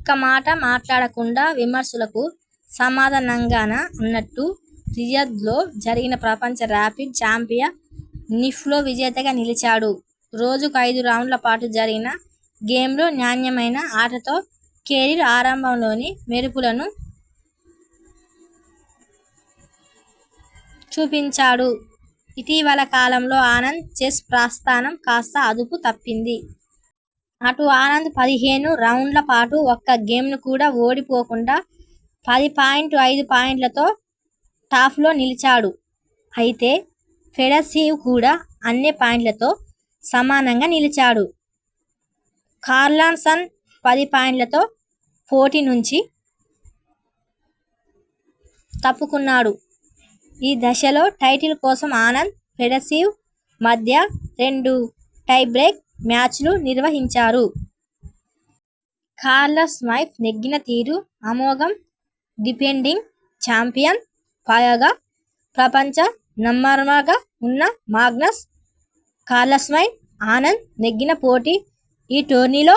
ఒక్క మాట మాట్లాడకుండా విమర్శకులకు సమాధా నంగానా అన్నట్టు రియాద్లో జరిగిన ప్రపంచ ర్యాపిడ్ చాంపియ న్షిప్లో విజేతగా నిలిచాడు. రోజుకు ఐదు రౌండ్ల పాటు జరిగిన గేమ్ల్లో నాణ్యమైన ఆటతో కెరీర్ ఆరంభంలోని మెరుపులను చూపించా డు. ఇటీవలి కాలంలో ఆనంద్ చెస్ ప్రస్థానం కాస్త అదుపు తప్పింది. అటు ఆనంద్ పదిహేను రౌండ్ల పాటు ఒక్క గేమ్ను కూడా ఓడి పోకుండా పది పాయింట్ ఐదు పాయింట్లతో టాప్లో నిలిచాడు. అయితే ఫెడసీవ్ కూడా అన్నే పాయింట్లతో సమానంగా నిలిచాడు. కార్ల్సన్ పది పాయింట్లతో పోటీ నుంచి తప్పుకున్నాడు. ఈ దశలో టైటిల్ కోసం ఆనంద్, ఫెడసీవ్ మధ్య రెండు టైబ్రేక్ మ్యాచ్లు నిర్వహించారు. కార్ల్సన్పై నెగ్గిన తీరు అమోఘం డిఫెండింగ్ చాంపియన్, పైగా ప్రపంచ నంబర్వన్గా ఉన్న మాగ్నస్ కార్ల్సన్పై ఆనంద్ నెగ్గిన పోటీ ఈటోర్నీలో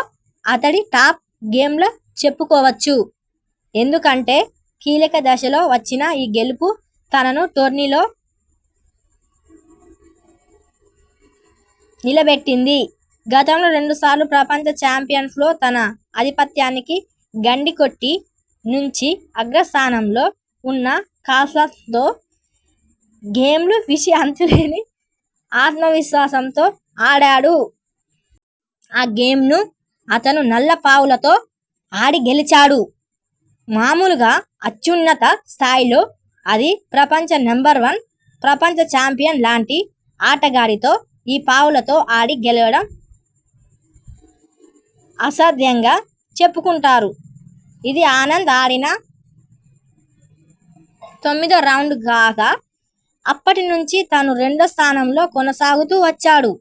అతడి టాప్ గేమ్గా చెప్పుకో వచ్చు. ఎందుకంటే కీలక దశలో వచ్చిన ఈ గెలుపు తనను టోర్నీలో నిలబెట్టింది. గతంలో రెండు సార్లు ప్రపంచ చాంపియన్షిప్లో తన ఆధిపత్యానికి గండి కొట్టి నుంచి అగ్రస్థానంలో ఉన్న కార్ల్సన్తో గేమ్లో విషీ అంతులేని ఆత్మ విశ్వాసంతో ఆడాడు. ఈ గేమ్ను అతను నల్ల పావులతో ఆడి గెలిచాడు. మామూలుగా అత్యున్నత స్థాయిలో అదీ ప్రపంచ నంబర్వన్, ప్రపంచ చాంపియన్ లాంటి ఆటగాడితో ఈ పావులతో ఆడి గెలవడం అసాధ్యంగా చెప్పుకుంటారు. ఇది ఆనంద్ ఆడిన తొమ్మిదో రౌండ్ కాగా అప్పటి నుంచి తను రెండో స్థానంలో కొనసాగుతూ వచ్చాడు.